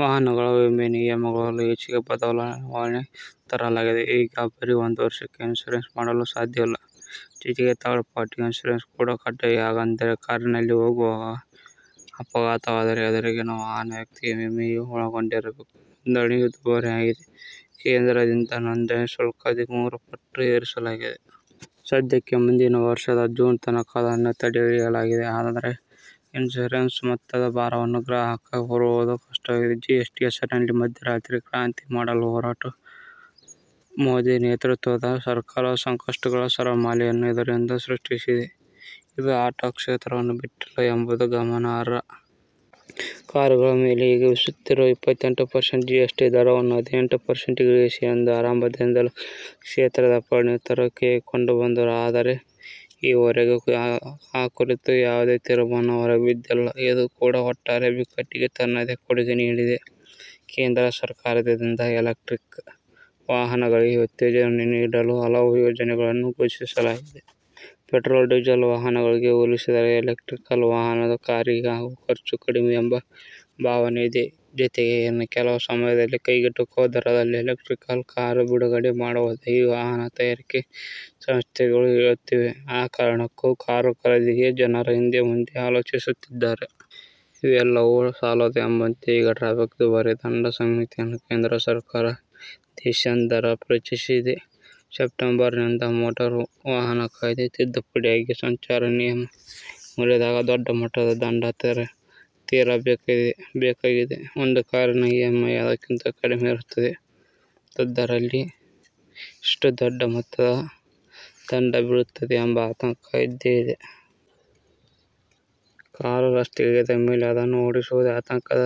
ವಾಹನಗಳ ವಿಮೆ ನಿಯಮಗಳಲ್ಲೂ ಈಚೆಗೆ ಬದಲಾವಣೆ ತರಲಾಗಿದೆ. ಈಗ ಬರೀ ಒಂದು ವರ್ಷಕ್ಕೆ ಇನ್ಷೂರೆನ್ಸ್ ಮಾಡಲು ಸಾಧ್ಯವಿಲ್ಲ. ಜತೆಗೆ ಥರ್ಡ್ ಪಾರ್ಟಿ ಇನ್ಷೂರೆನ್ಸ್ ಕೂಡ ಕಡ್ಡಾಯ. ಹಾಗಂದರೆ, ಕಾರಿನಲ್ಲಿ ಹೋಗುವಾಗ ಅಪಘಾತವಾದರೆ ಎದುರಿಗಿನ ವಾಹನ ವ್ಯಕ್ತಿಯ ವಿಮೆಯೂ ಒಳಗೊಂಡಿರಬೇಕು. ನೋಂದಣಿಯೂ ದುಬಾರಿ ಆಗಿದೆ. ಕೇಂದ್ರದಿಂದ ನೋಂದಣಿ ಶುಲ್ಕ ಹದಿಮೂರು ಪಟ್ಟು ಏರಿಸಲಾಗಿದೆ. ಸದ್ಯಕ್ಕೆ ಮುಂದಿನ ವರ್ಷದ ಜೂನ್ ತನಕ ಅದನ್ನು ತಡೆಹಿಡಿಯಲಾಗಿದೆ. ಆದರೆ ಇನ್ಷೂರೆನ್ಸ್ ಮೊತ್ತದ ಭಾರವನ್ನು ಗ್ರಾಹಕ ಹೊರುವುದು ಕಷ್ಟವಿದೆ. ಜಿಎಸ್ಟಿ ಹೆಸರಿನಲ್ಲಿ ಮಧ್ಯರಾತ್ರಿ ಕ್ರಾಂತಿ ಮಾಡಲು ಹೊರಟ ಮೋದಿ ನೇತೃತ್ವದ ಸರಕಾರ ಸಂಕಷ್ಟಗಳ ಸರಮಾಲೆಯನ್ನೇ ಇದರಿಂದ ಸೃಷ್ಟಿಸಿದೆ. ಇದು ಆಟೋ ಕ್ಷೇತ್ರವನ್ನೂ ಬಿಟ್ಟಿಲ್ಲ ಎಂಬುದು ಗಮನಾರ್ಹ. ಕಾರುಗಳ ಮೇಲೆ ಈಗ ವಿಧಿಸುತ್ತಿರುವ ಇಪ್ಪತ್ತೆಂಟು ಪರ್ಸೆಂಟ್ ಜಿಎಸ್ ಟಿ ದರವನ್ನು ಹದಿನೆಂಟು ಪರ್ಸೆಂಟ್ಗೆ ಇಳಿಸಿ ಎಂದು ಆರಂಭದಿಂದಲೂ ಕ್ಷೇತ್ರದ ಪರಿಣಿತರು ಕೇಳಿಕೊಂಡು ಬಂದರು. ಆದರೆ ಈವರೆಗೂ ಆ ಕುರಿತು ಯಾವುದೇ ತೀರ್ಮಾನ ಹೊರಬಿದ್ದಿಲ್ಲ. ಇದು ಕೂಡ ಒಟ್ಟಾರೆ ಬಿಕ್ಕಟ್ಟಿಗೆ ತನ್ನದೇ ಕೊಡುಗೆ ನೀಡಿದೆ. ಕೇಂದ್ರ ಸರಕಾರದಿಂದ ಎಲೆಕ್ಟ್ರಿಕ್ ವಾಹನಗಳಿಗೆ ಉತ್ತೇಜನ ನೀಡಲು ಹಲವು ಯೋಜನೆಗಳನ್ನು ಘೋಷಿಸಲಾಗಿದೆ. ಪೆಟ್ರೋಲ್ ೀಸೆಲ್ ವಾಹನಗಳಿಗೆ ಹೋಲಿಸಿದರೆ ಎಲೆಕ್ಟ್ರಿಕಲ್ ವಾಹನದ ಕಾರಿಗೆ ಆಗುವ ಖರ್ಚು ಕಡಿಮೆ ಎಂಬ ಭಾವನೆ ಇದೆ. ಜತೆಗೆ ಇನ್ನು ಕೆಲವೇ ಸಮಯದಲ್ಲಿ ಕೈಗೆಟುಕುವ ದರದಲ್ಲಿ ಎಲೆಕ್ಟ್ರಿಕಲ್ ಕಾರು ಬಿಡುಗಡೆ ಮಾಡುವುದಾಗಿ ವಾಹನ ತಯಾರಿಕೆ ಸಂಸ್ಥೆಗಳು ಹೇಳುತ್ತಿವೆ. ಆ ಕಾರಣಕ್ಕೂ ಕಾರು ಖರೀದಿಗೆ ಜನರು ಹಿಂದೆ- ಮುಂದೆ ಆಲೋಚಿಸುತ್ತಿದ್ದಾರೆ. ಇವೆಲ್ಲವೂ ಸಾಲದು ಎಂಬಂತೆ ಈಗ ಟ್ರಾಫಿಕ್ ದುಬಾರಿ ದಂಡ ಸಂಹಿತೆಯನ್ನು ಕೇಂದ್ರ ಸರಕಾರ ದೇಶಾದ್ಯಂರ ಪರಿಚಯಿಸಿದೆ. ಸೆಪ್ಟೆಂಬರ್ನಿಂದ ಮೋಟಾರು ವಾಹನ ಕಾಯ್ದೆ ತಿದ್ದುಪಡಿಯಾಗಿ, ಸಂಚಾರ ನಿಯಮ ಮುರಿದಾಗ ದೊಡ್ಡ ಮಟ್ಟದ ದಂಡ ತೆರಬೇಕಾಗಿದೆ. ಒಂದು ಕಾರಿನ ಇಎಂಐ ಅದಕ್ಕಿಂತ ಕಡಿಮೆ ಇರುತ್ತದೆ. ಅಂಥದ್ದರಲ್ಲಿ ಇಷ್ಟು ದೊಡ್ಡ ಮೊತ್ತದ ದಂಡ ಬೀಳುತ್ತದೆ ಎಂಬ ಆತಂಕ ಇದ್ದೇ ಇದೆ. ಕಾರು ರಸ್ತೆಗೆ ಇಳಿದ ಮೇಲೆ ಅದನ್ನು ಓಡಿಸುವುದೇ ಆತಂಕದ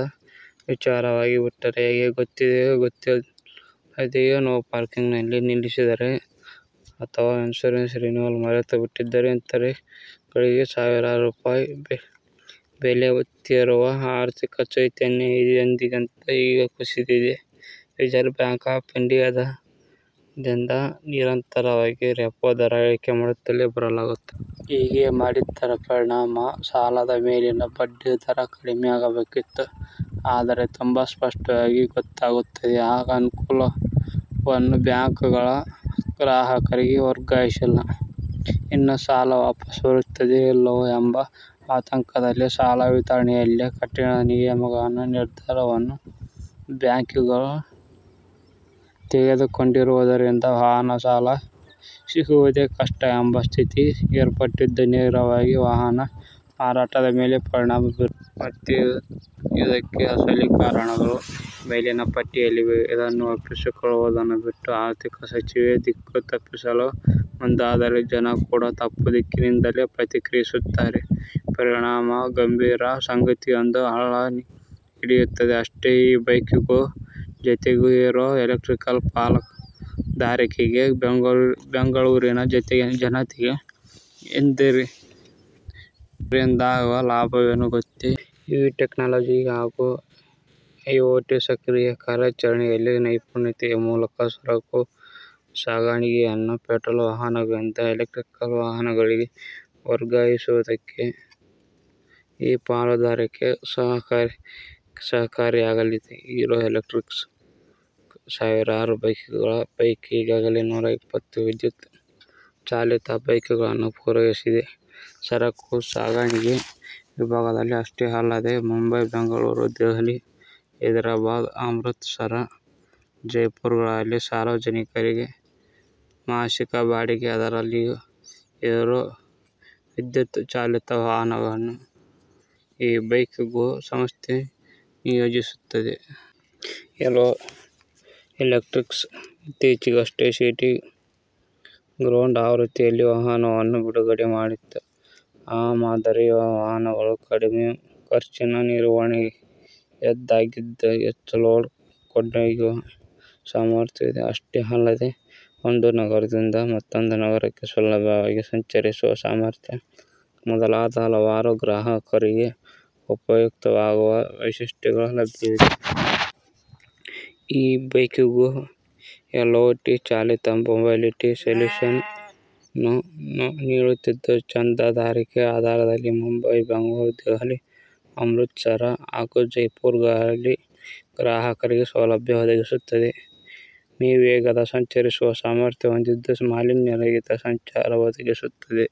ವಿಚಾರವಾಗಿಬಿಟ್ಟರೆ ಹೇಗೆ? ಗೊತ್ತಿದ್ದೋ ಗೊತ್ತಿಲ್ಲದೆಯೋ ನೋ ಪಾರ್ಕಿಂಗ್ ನಲ್ಲಿ ನಿಲ್ಲಿಸಿದ್ದರೆ ಅಥವಾ ಇನ್ಷೂರೆನ್ಸ್ ರಿನೀವಲ್ ಮರೆತು ಬಿಟ್ಟಿದ್ದರೆ ಇಂಥ 'ರೆ'ಗಳಿಗೆ ಸಾವಿರಾರು ರೂಪಾಯಿ ಬೆಲೆ ತೆರುವ ಆರ್ಥಿಕ ಚೈತನ್ಯ ಹಿಂದೆಂದಿಗಿಂತ ಈಗ ಕುಸಿದಿದೆ. ರಿಸರ್ವ್ ಬ್ಯಾಂಕ್ ಆಫ್ ಇಂಡಿಯಾದಿಂದ ನಿರಂತರವಾಗಿ ರೆಪೋ ದರ ಇಳಿಕೆ ಮಾಡುತ್ತಲೇ ಬರಲಾಗುತ್ತದೆ. ಹೀಗೆ ಮಾಡಿದ್ದರ ಪರಿಣಾಮ ಸಾಲದ ಮೇಲಿನ ಬಡ್ಡಿ ದರ ಕಡಿಮೆ ಆಗಬೇಕಿತ್ತು. ಆದರೆ ತುಂಬ ಸ್ಪಷ್ಟವಾಗಿ ಗೊತ್ತಾಗುತ್ತದೆ, ಆ ಅನುಕೂಲವನ್ನು ಬ್ಯಾಂಕ್ ಗಳು ಗ್ರಾಹಕರಿಗೆ ವರ್ಗಾಯಿಸಿಲ್ಲ. ಇನ್ನು ಸಾಲ ವಾಪಸ್ ಬರುತ್ತದೋ ಇಲ್ಲವೋ ಎಂಬ ಆತಂಕದಲ್ಲಿ ಸಾಲ ವಿತರಣೆಯಲ್ಲೇ ಕಠಿಣ ನಿಯಮಗಳನ್ನು, ನಿರ್ಧಾರವನ್ನು ಬ್ಯಾಂಕ್ ಗಳು ತೆಗೆದುಕೊಂಡಿರುವುದರಿಂದ ವಾಹನ ಸಾಲ ಸಿಗುವುದೇ ಕಷ್ಟ ಎಂಬ ಸ್ಥಿತಿ ಏರ್ಪಟ್ಟಿದ್ದು, ನೇರವಾಗಿ ವಾಹನ ಮಾರಾಟದ ಮೇಲೆ ಪರಿಣಾಮ ಬೀರುತ್ತಿದೆ. ಮತ್ತು, ಇದಕ್ಕೆ ಅಸಲಿ ಕಾರಣಗಳು ಮೇಲಿನ ಪಟ್ಟಿಯಲ್ಲಿವೆ. ಇದನ್ನು ಒಪ್ಪಿಕೊಳ್ಳುವುದನ್ನು ಬಿಟ್ಟು ಆರ್ಥಿಕ ಸಚಿವೆ ದಿಕ್ಕು ತಪ್ಪಿಸಲು ಮುಂದಾದರೆ, ಜನ ಕೂಡ ತಪ್ಪು ದಿಕ್ಕಿನಿಂದಲೇ ಪ್ರತಿಕ್ರಿಯಿಸುತ್ತಾರೆ. ಪರಿಣಾಮ ಗಂಭೀರ ಸಂಗತಿಯೊಂದು ಹಳ್ಳ ಹಿಡಿಯುತ್ತದೆ, ಅಷ್ಟೆ. ಇ-ಬೈಕ್-ಗೋ ಜೊತೆಗೆ ಹಿರೋ ಎಲೆಕ್ಟ್ರಿಕ್ ಪಾಲುದಾರಿಕೆಗೆ ಬೆಂಗಳೂರಿನ ಜನತೆಗೆ ಇದರಿಂದಾಗುವ ಲಾಭವೇನು ಗೊತ್ತೇ? ಇವಿ ಟೆಕ್ನಾಲಜಿ ಹಾಗೂ ಐಒಟಿ ಸಕ್ರಿಯ ಕಾರ್ಯಾಚರಣೆಯಲ್ಲಿ ನೈಪುಣ್ಯತೆಯ ಮೂಲಕ ಸರಕು ಸಾಗಣಿಗೆಯನ್ನು ಪೆಟ್ರೋಲ್ ವಾಹನಗಳಿಂದ ಎಲೆಕ್ಟ್ರಿಕ್ ವಾಹನಗಳಿಗೆ ವರ್ಗಾಯಿಸುವುದಕ್ಕೆ ಈ ಪಾಲುದಾರಿಕೆ ಸಹಕಾರಿಯಾಗಲಿದೆ ಹಿರೋ ಎಲೆಕ್ಟ್ರಿಕ್ ಸಾವಿರ ಬೈಕ್ ಗಳ ಪೈಕಿ ಈಗಾಗಲೇ ನೂರ ಇಪ್ಪತ್ತು ವಿದ್ಯುತ್ ಚಾಲಿತ ಬೈಕ್ ಗಳನ್ನು ಪೂರೈಸಿದೆ. ಸರಕು ಸಾಗಾಣಿಗೆ ವಿಭಾಗದಲ್ಲಿ ಅಷ್ಟೇ ಅಲ್ಲದೇ ಮುಂಬೈ, ಬೆಂಗಳೂರು, ದೆಹಲಿ, ಹೈದರಾಬಾದ್ ಅಮೃತ್ ಸರ, ಜೈಪುರಗಳಲ್ಲಿ ಸಾರ್ವಜನಿಕರಿಗೆ ಮಾಸಿಕ ಬಾಡಿಗೆ ಆಧಾರದಲ್ಲಿಯೂ ಹಿರೋ ವಿದ್ಯುತ್ ಚಾಲಿತ ವಾಹನಗಳನ್ನು ಇ ಬೈಕ್ ಗೋ ಸಂಸ್ಥೆ ನಿಯೋಜಿಸುತ್ತಿದೆ. ಹಿರೋ ಎಲೆಟ್ರಿಕ್ಸ್ ಇತ್ತೀಚೆಗಷ್ಟೇ ಸಿಟಿ ಸ್ಪೀಡ್ ಆವೃತ್ತಿಯಲ್ಲಿ ವಾಹನವನ್ನು ಬಿಡುಗಡೆ ಮಾಡಿತ್ತು. ಈ ಮಾದರಿಯ ವಾಹನಗಳು ಕಡಿಮೆ ಖರ್ಚಿನ ನಿರ್ವಹಣೆಯದ್ದಾಗಿದ್ದು, ಹೆಚ್ಚು ಲೋಡ್ ಕೊಂಡೊಯ್ಯುವ ಸಾಮರ್ಥ್ಯವಿದೆ. ಅಷ್ಟೇ ಅಲ್ಲದೇ ಒಂದು ನಗರದಿಂದ ಮತ್ತೊಂದು ನಗರಕ್ಕೆ ಸುಲಭವಾಗಿ ಸಂಚರಿಸುವ ಸಾಮರ್ಥ್ಯ ಮೊದಲಾದ ಹಲವಾರು ಗ್ರಾಹಕರಿಗೆ ಉಪಯುಕ್ತವಾಗುವ ವೈಶಿಷ್ಟ್ಯಗಳು ಲಭ್ಯವಿದೆ. ಇ ಬೈಕ್ ಗೋ ಎಲ್ಒಟಿ ಚಾಲಿತ ಮೊಬಿಲಿಟಿ ಸೊಲ್ಯೂಷನ್ ನ್ನು ನೀಡುತ್ತಿದ್ದು, ಚಂದಾದಾರಿಕೆ ಆಧಾರದಲ್ಲಿ ಮುಂಬೈ, ಬೆಂಗಳೂರು, ದೆಹಲಿ ಅಮೃತ್ ಸರ್ ಹಾಗೂ ಜೈಪುರ್ ಗಳಲ್ಲಿ ಗ್ರಾಹಕರಿಗೆ ಸೌಲಭ್ಯ ಒದಗಿಸುತ್ತಿದೆ. ಮೀ ವೇಗದಲ್ಲಿ ಸಂಚರಿಸುವ ಸಾಮರ್ಥ್ಯ ಹೊಂದಿದ್ದು, ಮಾಲಿನ್ಯ ರಹಿತ ಸಂಚಾರ ಒದಗಿಸುತ್ತದೆ.